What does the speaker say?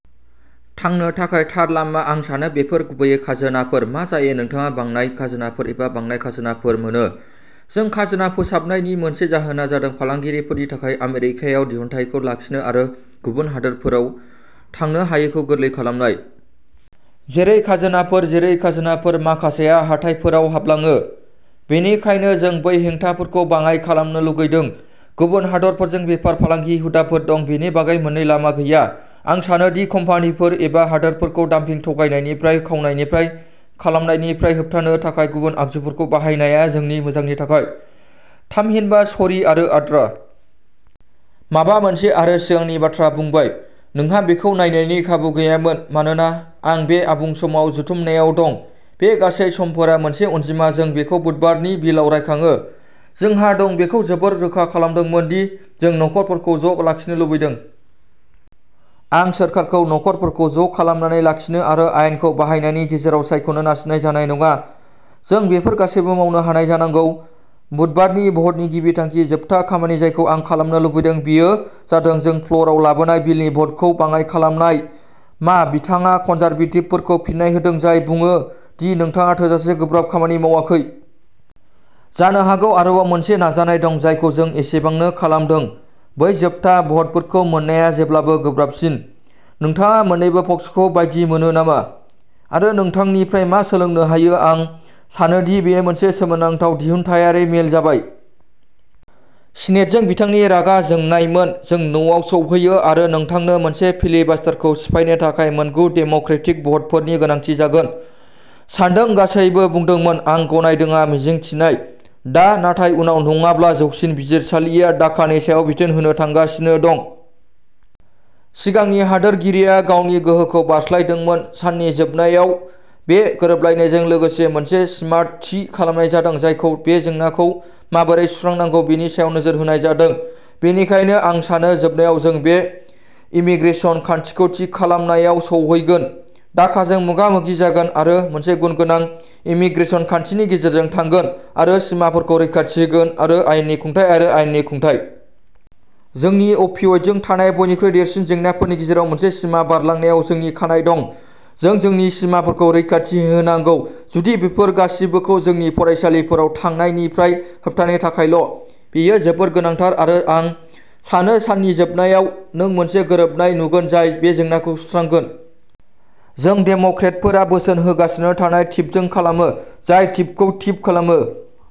थांनो थाखाय थार लामा। आं सानो बेफोर गुबैयै खाजोनाफोर। मा जायो नोंथाङा बांनाय खाजोनाफोर एबा बांनाय खाजोनाफोर मोनो। जों खाजोना फोसाबनायनि मोनसे जाहोना जादों फालांगिफोरनि थाखाय आमेरिकायाव दिहुनथायखौ लाखिनो आरो गुबुन हादोरफोराव थांनो हायैखौ गोरलै खालामनाय। जेरै खाजोनाफोर, जेरै खाजोनाफोर, माखासेया हाथाइफोराव हाबलाङो। बेनिखायनो जों बै हेंथाफोरखौ बाङाइ खालामनो लुगैदों। गुबुन हादोरफोरजों बेफार फालांगि हुदाफोर दं, बेनि बागै मोननै लामा गैया। आं सानो दि कम्पानिफोर एबा हादोरफोरखौ डाम्पिं, थगायनायनिफ्राय, खावनायनिफ्राय, खालामनायनिफ्राय होबथानो थाखाय गुबुन आगजुफोरखौ बाहायनाया जोंनि मोजांनि थाखाय, थामहिनबा चोरी आरो आद्रा। माबा मोनसे आरो नों सिगांनि बाथ्रा बुंबाय। नोंहा बेखौ नायनायनि खाबु गैयामोन मानोना आं बे आबुं-समाव जथुमनायाव दं। बे गासै समफोरा मोनसे अनजिमा। जों बेखौ बुधबारनि बिलआव रायखाङो। जोंहा दं। बेखौ जोबोर रोखा खालामदोंमोन दि जों नखरफोरखौ ज' लाखिनो लुबैदों। आं सोरखारखौ नखरफोरखौ ज'खालामनानै लाखिनो आरो आयेनखौ बाहायनायनि गेजेराव सायख'नो नारसिननाय जानाय नङा। जों बेफोर गासैबो मावनो हानाय जानांगौ। बुधबारनि भ'टनि गिबि थांखि। जोबथा खामानि जायखौ आं खालामनो लुबैदों बेयो जादों जों फ्ल'रआव लाबोनाय बिलनि भ'टखौ बाङाइ खालामनाय मा बिथाङा कनजारभेटिभफोरखौ फिन्नाय होदों जाय बुङो दि नोंथाङा थोजासे गोब्राब खामानि मावाखै। जानो हागौ आरोबाव मोनसे नाजानाय दं जायखौ जों एसेबांनो खालामदों। बै जोबथा भ'टफोरखौ मोननाया जेब्लाबो गोब्राबसिन। नोंथाङा मोन्नैबो पक्षखौ बायदि मोनो नामा आरो नोंथांनिफ्राय मा सोलोंनो हायो। आं सानोदि बेयो मोनसे सोमोनांथाव दिहुनथायारि मेल जाबाय। सिनेटजों बिथांनि रागा जोंनायमोन। जों न'आव सौहैयो आरो नोंथांनो मोनसे फिलिबास्टारखौ सिफायनो थाखाय मोनगु डेम'क्रेटिक भ'टफोरनि गोनांथि जागोन। सानदों गासैबो बुंदोंमोन, आं गनायदोंआ मिजिं थिनाय। दा, नाथाय उनाव नङाब्ला जौसिन बिजिरसालिया डाकानि सायाव बिथोन होनो थांगासिनो दं। सिगांनि हादोरगिरिया गावनि गोहोखौ बारस्लायदोंमोन। साननि जोबनायाव, बे गोरोबलायनायजों लोगोसे मोनसे स्मार्ट थि खालामनाय जादों, जायखौ बे जेंनाखौ माबोरै सुस्रांनांगौ बेनि सायाव नोजोर होनाय जादों, बेनिखायनो आं सानो जोबनायाव, जों बे इमीग्रेसन खान्थिखौ थि खालामनायाव सौहैगोन, डाकाजों मोगा-मोगि जागोन आरो मोनसे गुन गोनां इमीग्रेसन खान्थिनि गेजेरजों थांगोन आरो सिमाफोरखौ रैखाथि होगोन आरो आयेननि खुंथाय आरो आयेननि खुंथाय। जोंनि अफियइडजों थानाय बयनिख्रुइ देरसिन जेंनाफोरनि गेजेराव मोनसे, सिमा बारलांनायाव जोंनि खानाय दं। जों जोंनि सिमाफोरखौ रैखाथि होनांगौ। जुदि बेफोर गासिबोखौ जोंनि फरायसालिफोराव थांनायनिफ्राय होबथानो थाखायल'। बेयो जोबोद गोनांथार आरो आं सानो साननि जोबनायाव, नों मोनसे गोरोबनाय नुगोन जाय बे जेंनाखौ सुस्रांगोन। जों डेम'क्रेटफोरा बोसोन होगासिनो थानाय थिफजों खालामो, जाय थिफखौ थिफ खालामनो।